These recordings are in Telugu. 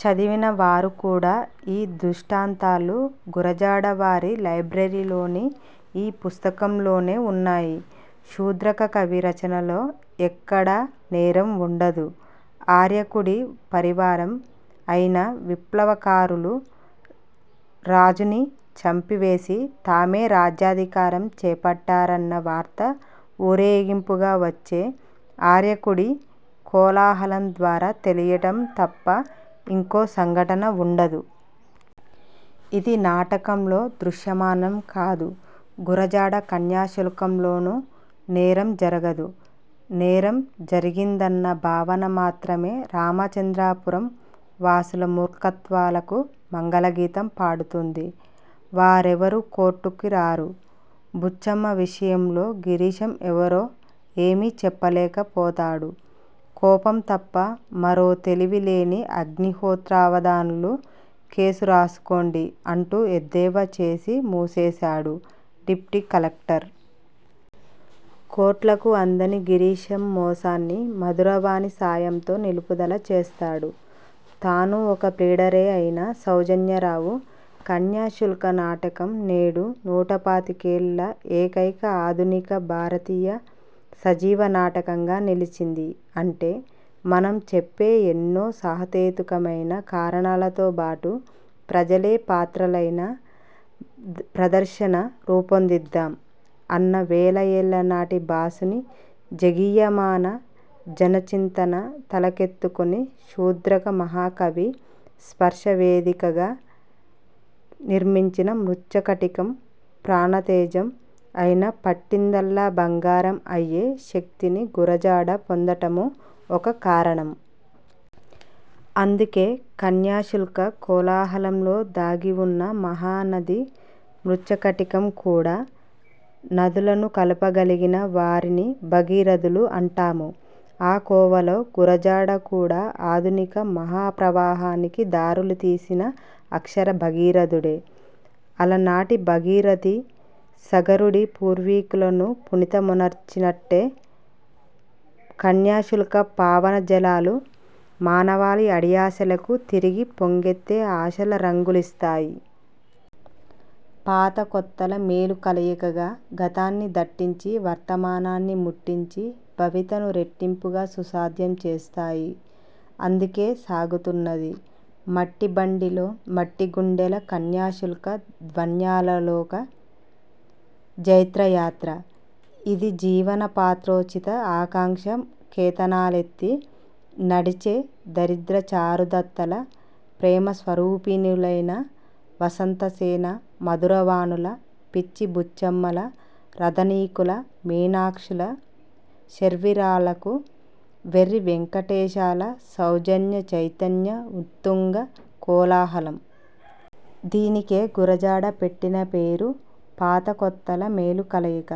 చదివినవారు కూడా, ఈ దృష్టాంతాలు గురజాడ వారి లైబ్రరీలోని ఈ పుస్తకంలోనే ఉన్నాయి. శూద్రక కవి రచనలో ఎక్కడా నేరం ఉండదు. ఆర్యకుడి పరివారం అయిన విప్లవ కారులు రాజుని చంపివేసి, తామే రాజ్యాధికారం చేపట్టారన్న వార్త ఊరేగింపుగావచ్చే ఆర్యకుడి కోలాహలం ద్వారా తెలియడం తప్ప ఇంకో సంఘటన ఉండదు. ఇది నాటకంలో దృశ్యమానం కాదు. గురజాడ కన్యాశుల్కంలోనూ నేరం జరగదు, నేరం జరిగిందన్న భావన మాత్రమే రామచంద్రపురం వాసుల మూర్ఖత్వాలకు మంగళ గీతం పాడుతుంది. వారెవరూ కోర్ట్కు రారు. బుచ్చమ్మ విషయంలో గిరీశం ఎవరో ఏమీ చెప్పలేక పోతాడు కోపం తప్ప మరో తెలివి లేని అగ్నిహోత్రావధాన్లు, కేసు రాసుకోండి అంటూ ఎద్దేవా చేసి మూసేసాడు డిప్టీ కలెక్టర్. కోర్ట్లకు అందని గిరీశం మోసాన్ని మధుర వాణి సాయంతో నిలుపుదల చేస్తాడు, తానూ ఒక ప్లీడరే అయిన సౌజన్యారావు. కన్యాశుల్క నాటకం నేడు నూట పాతికేళ్ళ ఏకైక ఆధునిక భారతీయ సజీవ నాటకంగా నిలిచిందీ అంటే, మనం చెప్పే ఎన్నో సహేతెతుకమైన కారణాలతో బాటు, ప్రజలే పాత్రలైన ప్రదర్శన రూపొందిద్దాం అన్న వేలఏళ్ల నాటి భాసుని జగీయమాన జన చింతన తలకెత్తుకుని శూద్రక మహాకవి స్పర్శ వేదిగా నిర్మించిన మృచ్ఛకటికం ప్రాణ తేజం అయిన పట్టిందల్లా బంగారం అయ్యే శక్తిని గురజాడ పొందటమూ ఒక కారణం. అందుకే, కన్యాశుల్క కోలాహలం లో దాగి ఉన్న మహానది మృచ్ఛకటికం కూడా. నదులను కలపగలిగిన వారిని భగీరథులు అంటాము. ఆ కోవలో గురజాడ కూడా ఆధునిక మహాప్రవాహానికి దారులు తీసిన అక్షర భగీరథుడే. అలనాటి భగీరథి సగరుడి పూర్వీకులను పునీత మొనర్చి నట్టే, కన్యాశుల్క పావన జలాలు మానవాళి అడియాసలకు తిరిగి పొంగెత్తే ఆశల రంగు లిస్తాయి. పాత కొత్తల మేలు కలయికగా గతాన్ని దట్టించి, వర్తమానాన్ని ముట్టించి, భవితను రెట్టింపుగా సుసాధ్యం చేస్తాయి. అందుకే సాగుతున్నది మట్టి బండిలో, మట్టి గుండెల కన్యాశుల్క ధ్వన్యాలోక జైత్ర యాత్ర. ఇది జీవన పాత్రోచిత ఆకాంక్షా కేతనాలెత్తి నడిచే దరిద్ర చారుదత్తుల, ప్రేమ స్వరూపిణులైన వసంత సేన, మధుర వాణుల, పిచ్చి బుచ్చమ్మల, రదనికుల, మీనాక్షుల, శర్విరాలకు, వెర్రి వెంకటేశాల సౌజన్య చైతన్య ఉత్తుంగ కోలాహలం. దీనికే గురజాడ పెట్టిన పేరు, పాత కొత్తల మేలు కలయిక.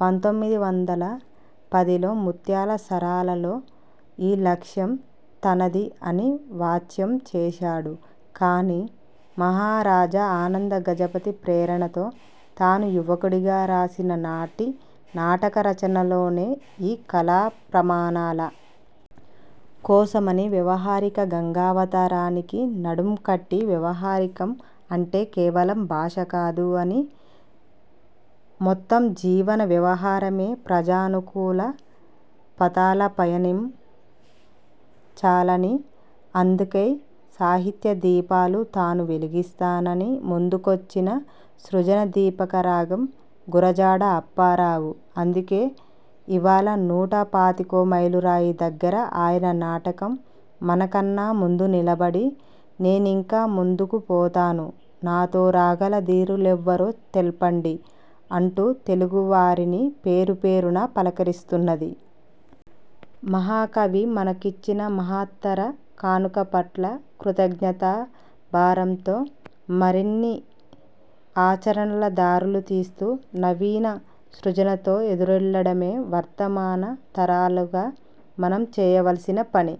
పంతొమ్మిది వందల పదిలో ముత్యాల సరాలలో ఈ లక్ష్యం తనది అని వాచ్యం చేశాడు కానీ, మహారాజా ఆనంద గజపతి ప్రేరణతో తాను యువకుడిగా రాసిన నాటి నాటక రచనలోనే, ఈ కళా ప్రమాణాల కోసమని వ్యవహారిక గంగావతరణానికి నడుం కట్టి, వ్యవహరికం అంటే కేవలం భాష కాదు అనీ మొత్తం జీవన వ్యవహారమే ప్రజానుకూల పథాల పయనిం చాలనీ అందుకేౖ సాహిత్య దీపాలు తాను వెలిగిస్తాననీ ముందుకొచ్చిన సృజన దీపక రాగం గురజాడ అప్పారావు అందుకే ఇవాళ నూట పాతికో మైలు రాయి దగ్గర ఆయన నాటకం, మన కన్నా ముందు నిలబడి, ''నేనింకా ముందుకు పోతాను, నాతో రాగల ధీరులెవ్వరో తెల్పుడీ'' అంటూ తెలుగు వారిని పేరు పేరునా పలకరిస్తున్నది. మహాకవి మనకిచ్చిన మహత్తర కానుక పట్ల కృతజ్ఞతా భారంతో మరిన్ని ఆచరణల దారులుతీస్తూ, నవీన సృజనతో ఎదురెళ్లడమే వర్తమాన తరాలుగా మనం చేయవలసిన పని.